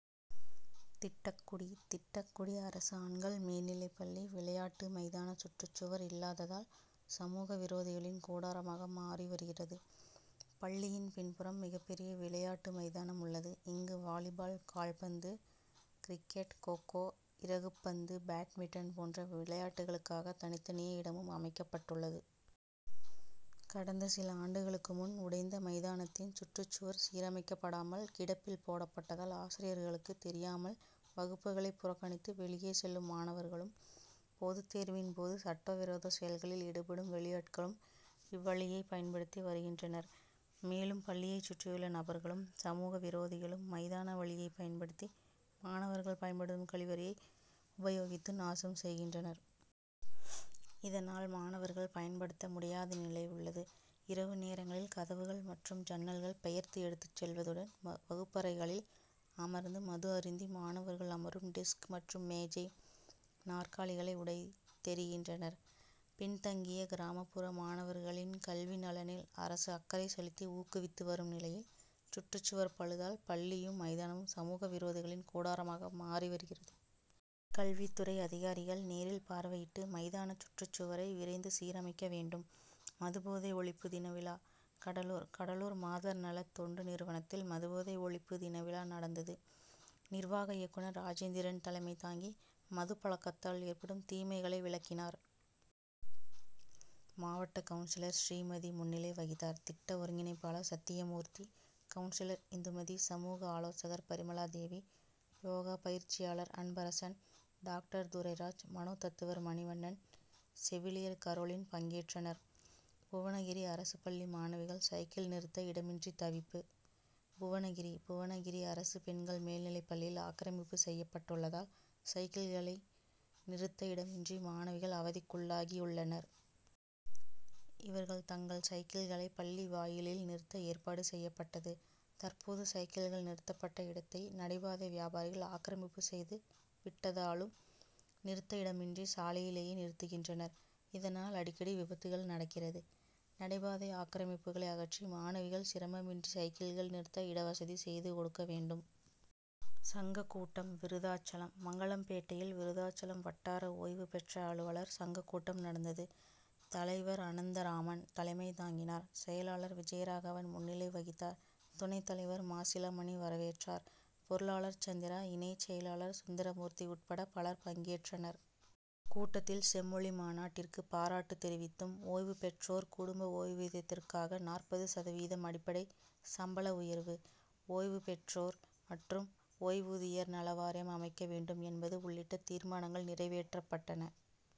திட்டக்குடி திட்டக்குடி அரசு ஆண் கள் மேல்நிலைப் பள்ளி விளையாட்டு மைதான சுற்றுச்சுவர் இல்லாததால் சமூக விரோதிகளின் கூடாரமாக மாறி வருகிறது. பள்ளியின் பின்புறம் மிகப்பெரிய விளையாட்டு மைதானம் உள்ளது. இங்கு வாலிபால், கால்பந்து, கிரிக் கெட், கோ-கோ, இறகுப் பந்து, பேட்மிட்டன் போன்ற விளையாட்டுகளுக்காக தனித்தனியே இடமும் அமைக்கப்பட் டுள்ளது. கடந்த சில ஆண்டுகளுக்கு முன் உடைந்த மைதானத்தின் சுற்றுச் சுவர் சீரமைக்கப்படாமல் கிடப்பில் போடப் பட்டதால் ஆசிரியர்களுக்கு தெரியாமல் வகுப் புகளை புறக்கணித்து வெளியே செல்லும் மாணவர்களும், பொதுத்தேர் வின் போது சட்ட விரோத செயல்களில் ஈடுபடும் வெளியாட்களும் இவ்வழியை பயன் படுத்தி வருகின்றனர். மேலும் பள்ளியைச் சுற்றியுள்ள நபர்களும், சமூக விரோதிகளும் மை தான வழியை பயன் படுத்தி மாணவர்கள் பயன் படுத்தும் கழிவறையை உபயோகித்து நாசம் செய்கின்றனர். இதனால் மாணவர்கள் பயன்படுத்த முடியாத நிலை உள்ளது. இரவு நேரங்களில் கதவுகள் மற் றும் ஜன்னல்கள் பெயர்த்து எடுத்துச் செல் வதுடன் வகுப்பறைகளில் அமர்ந்து மது அருந்தி மாணவர்கள் அமரும் டெஸ்க் மற்றும் மேஜை, நாற்காலிகளை உடைத் தெறிகின்றனர். பின்தங்கிய, கிராமப் புற மாணவர்களின் கல்வி நலனில் அரசு அக் கறை செலுத்தி ஊக்குவித்து வரும் நிலையில் சுற்றுச்சுவர் பழுதால் பள் ளியும், மைதானமும் சமூக விரோதிகளின் கூடாரமாக மாறி வருகிறது. கல்வித்துறை அதிகாரிகள் நேரில் பார்வையிட்டு மைதான சுற்றுச் சுவரை விரைந்து சீரமைக்க வேண்டும். மது போதை ஒழிப்பு தினவிழா கடலூர்: கடலூர் மாதர் நல தொண்டு நிறுவனத்தில் மது போதை ஒழிப்பு தின விழா நடந்தது. நிர்வாக இயக்குனர் ராஜேந்திரன் தலைமை தாங்கி மது பழக்கத்தால் ஏற்படும் தீமைகளை விளக்கினார். மாவட்ட கவுன்சிலர் ஸ்ரீமதி முன்னிலை வகித்தார். திட்ட ஒருங்கிணைப்பா ளர் சத்தியமூர்த்தி, கவுன் சிலர் இந்துமதி, சமூக ஆலோசகர் பரிமளாதேவி, யோகா பயிற்சியாளர் அன்பரசன், டாக் டர் துரைராஜ், மனோதத்துவர் மணிவண்ணன், செவிலியர் கரோலின் பங்கேற்றனர். புவனகிரி அரசு பள்ளி மாணவிகள் சைக்கிள் நிறுத்த இடமின்றி தவிப்பு புவனகிரி: புவனகிரி அரசு பெண் கள் மேல்நிலைப் பள்ளியில் ஆக்கிரமிப்பு செய்யப் பட்டுள்ளதால் சைக்கிள் களை நிறுத்த இடமின்றி மாணவிகள் அவதிக்குள்ளாகியுள்ளனர். இவர்கள் தங்கள் சைக்கிள் களை பள்ளி வாயிலில் நிறுத்த ஏற்பாடு செய்யப்பட்டது. தற்போது சைக்கிள்கள் நிறுத்தப்பட்ட இடத்தை நடைபாதை வியாபாரிகள் ஆக்கிரமிப்பு செய்து விட்டதாலும் நிறுத்த இடமின்றி சாலையிலேயே நிறுத்துகின்றனர். இதனால் அடிக்கடி விபத்துகள் நடக்கிறது. நடைபாதை ஆக்கிரமிப்புகளை அகற்றி மாணவிகள் சிரமமின்றி சைக்கிள்கள் நிறுத்த இடவசதி செய்து கொடுக்க வேண்டும். சங்க கூட்டம் விருத்தாசலம்: மங்கலம்பேட்டையில் விருத்தாசலம் வட்டார ஓய்வு பெற்ற அலுவலர் சங்க கூட்டம் நடந்தது. தலைவர் அனந்தராமன் தலைமை தாங்கினார். செயலாளர் விஜயராகவன் முன்னிலை வகித்தார். துணைத் தலைவர் மாசிலாமணி வரவேற்றார். பொருளா ளர் சந்திரா, இணை செயலாளர் சுந்தரமூர்த்தி உட் பட பலர் பங்கேற்றனர். கூட்டத்தில் செம் மொழி மாநாட்டிற்கு பாராட்டு தெரிவித்தும், ஓய்வு பெற்றோர் குடும்ப ஓய்வூதியருக்கு நாற்பது சதவீதம் அடிப்படை சம்பள உயர்வு. ஓய்வு பெற்றோர் மற் றும் ஓய்வூதியர் நலவாரியம் அமைக்க வேண்டும் என்பது உள்ளிட்ட தீர்மானங்கள் நிறைவேற்றப் பட்டன.